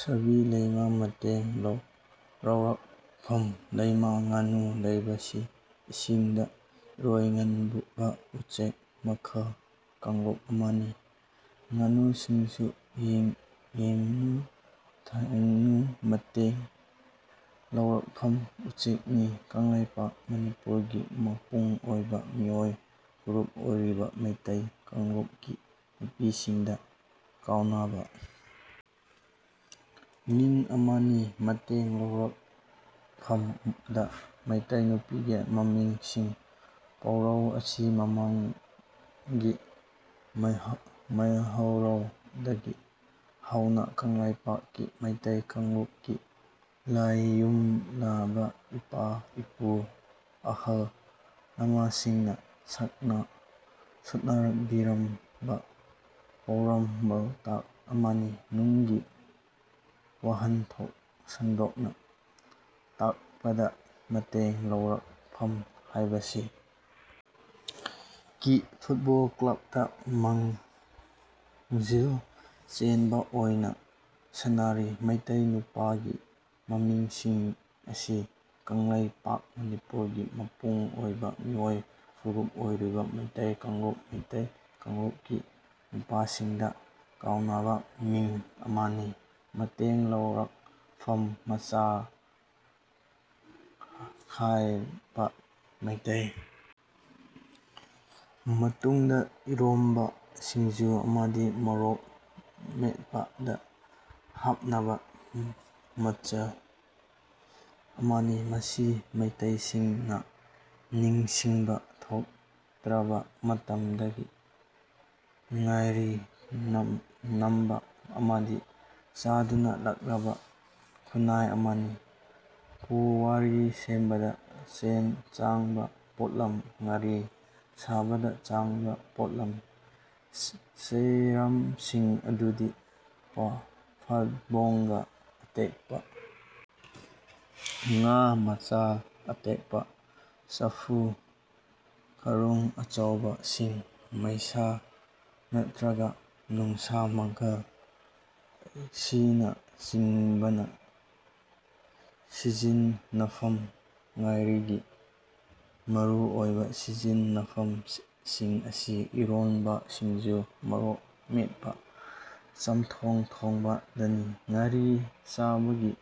(ꯁꯕꯤ ꯂꯩꯃ) ꯃꯇꯦꯡ ꯂꯧꯔꯛꯐꯝ ꯂꯩꯃ ꯉꯥꯅꯨ ꯍꯥꯏꯕꯁꯤ ꯏꯁꯤꯡꯗ ꯏꯔꯣꯢꯒꯟꯕ ꯎꯆꯦꯛ ꯃꯈꯜ (ꯀꯥꯡꯂꯨꯞ) ꯑꯃꯅꯤ꯫ ꯉꯥꯅꯨ ꯁꯤꯁꯨ ꯌꯦꯡꯉꯨ ꯊꯦꯡꯒꯨ ꯃꯇꯦꯡ ꯂꯧꯔꯛꯐꯝ ꯎꯆꯦꯛꯅꯤ ꯀꯪꯂꯩꯄꯥꯛ (ꯃꯅꯤꯄꯨꯔ) ꯒꯤ ꯃꯄꯨꯡ ꯑꯣꯢꯕ ꯃꯤꯑꯣꯢ ꯐꯨꯔꯨꯞ ꯑꯣꯢꯔꯤꯕ ꯃꯤꯇꯩ ꯀꯥꯡꯂꯨꯞ ꯀꯤ ꯅꯨꯄꯤꯁꯤꯡꯗ ꯀꯧꯅꯕ ꯃꯤꯡ ꯑꯃꯅꯤ꯫ ꯃꯇꯦꯡ ꯂꯧꯔꯛꯐꯝ ꯗꯥ ꯃꯤꯇꯩ ꯅꯨꯄꯤꯒꯤ ꯃꯃꯤꯡꯁꯤꯡ ꯄꯥꯎꯔꯧ ꯑꯁꯤ ꯃꯃꯥꯡꯉꯩ ꯃꯩꯍꯧꯔꯣꯜꯗꯒꯤ ꯍꯧꯅ ꯀꯪꯂꯩꯄꯥꯛꯀꯤ ꯃꯤꯇꯩ ꯀꯥꯡꯂꯨꯞ ꯀꯤ ꯂꯥꯢꯒꯨꯝꯂꯕ ꯏꯄꯥ-ꯏꯄꯨ ꯑꯍꯜ ꯂꯃꯟꯁꯤꯡꯅ ꯁꯛꯅ ꯁꯣꯟꯅꯕꯤꯔꯝꯕ ꯄꯥꯎꯔꯧ ꯄꯥꯎꯇꯥꯛ ꯑꯃꯅꯤ꯫ ꯅꯨꯡꯒꯤ ꯋꯥꯍꯟꯊꯣꯛ ꯁꯟꯗꯣꯛꯅ ꯇꯥꯛꯄꯥꯗ ꯃꯇꯦꯡ ꯂꯧꯔꯛꯐꯝ ꯍꯥꯏꯕꯁꯤ ꯀꯤ ꯐꯨꯠꯕꯣꯜ ꯀ꯭ꯂꯕ ꯇ ꯃꯥꯡꯖꯤꯜ ꯆꯦꯟꯕꯤ ꯑꯣꯏꯅ ꯁꯥꯟꯅꯔꯤ꯫ ꯃꯤꯇꯩ ꯅꯨꯄꯥꯒꯤ ꯃꯃꯤꯡꯁꯤꯡ ꯃꯁꯤ ꯀꯪꯂꯩꯄꯥꯛ (ꯃꯅꯤꯄꯨꯔ) ꯒꯤ ꯃꯄꯨꯡ ꯑꯣꯢꯕ ꯃꯤꯑꯣꯢ ꯐꯨꯔꯨꯞ ꯑꯣꯢꯔꯤꯕ ꯃꯤꯇꯩ ꯀꯥꯡꯂꯨꯞ (ꯃꯩꯇꯩ ꯀꯥꯡꯂꯨꯞ) ꯀꯤ ꯅꯨꯄꯥꯁꯤꯡꯗ ꯀꯧꯅꯕ ꯃꯤꯡ ꯑꯃꯅꯤ꯫ ꯃꯇꯦꯡ ꯂꯧꯔꯛꯐꯝ ꯃꯆꯥꯈꯥꯏꯕ ꯃꯤꯇꯩ ꯃꯇꯨꯡꯗ ꯏꯔꯣꯝꯕ, ꯁꯤꯡꯖꯨ ꯑꯃꯗꯤ ꯃꯣꯔꯣꯛ ꯃꯦꯠꯄꯗ ꯍꯥꯞꯅꯕ ꯃꯆꯜ ꯑꯃꯅꯤ꯫ ꯃꯁꯤ ꯃꯤꯇꯩꯁꯤꯡꯅ ꯅꯤꯡꯁꯤꯡꯕ ꯊꯣꯛꯇꯔꯕ ꯃꯇꯝꯗꯒꯤ ꯉꯥꯔꯤ ꯅꯝꯕ ꯑꯃꯗꯤ ꯆꯥꯗꯨꯅ ꯂꯥꯛꯂꯕ ꯈꯨꯅꯥꯏ ꯑꯃꯅꯤ꯫ ꯄꯨꯋꯥꯔꯤ ꯁꯦꯝꯕꯗ ꯆꯪꯕ ꯄꯣꯠꯂꯝ ꯉꯥꯔꯤ ꯁꯥꯕꯗ ꯆꯪꯕ ꯄꯣꯠꯂꯝ ꯆꯩꯔꯝꯁꯤꯡ ꯑꯗꯨꯗꯤ ꯐꯕꯣꯉꯥ ꯑꯇꯦꯛꯄ ꯉꯥ ꯃꯆꯥ ꯑꯇꯦꯛꯄ ꯆꯐꯨ ꯈꯔꯨꯡ ꯑꯆꯧꯕꯁꯤꯡ ꯃꯩꯁꯥ ꯅꯠꯇ꯭ꯔꯒ ꯅꯨꯡꯁꯥ ꯃꯉꯥꯜ ꯑꯁꯤꯅꯆꯤꯡꯕꯅꯤ꯫ ꯁꯤꯖꯤꯟꯅꯐꯝ ꯉꯥꯔꯤꯒꯤ ꯃꯔꯨꯑꯣꯏꯕ ꯁꯤꯖꯤꯟꯅꯐꯝꯁꯤ ꯏꯔꯣꯝꯕ ꯁꯤꯡꯖꯨ ꯃꯣꯔꯣꯛ ꯃꯦꯠꯄ ꯆꯝꯊꯣꯡ ꯊꯣꯡꯕ ꯗꯅꯤ ꯉꯥꯔꯤ ꯆꯥꯕꯒꯤ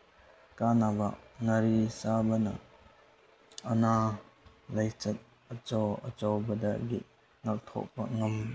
ꯀꯥꯟꯅꯕ ꯉꯥꯔꯤ ꯆꯥꯕꯅ ꯑꯅꯥ ꯂꯥꯏꯆꯠ ꯑꯆꯧ ꯑꯆꯧꯕꯗꯒꯤ ꯉꯥꯛꯊꯣꯛꯄ ꯉꯝꯃꯤ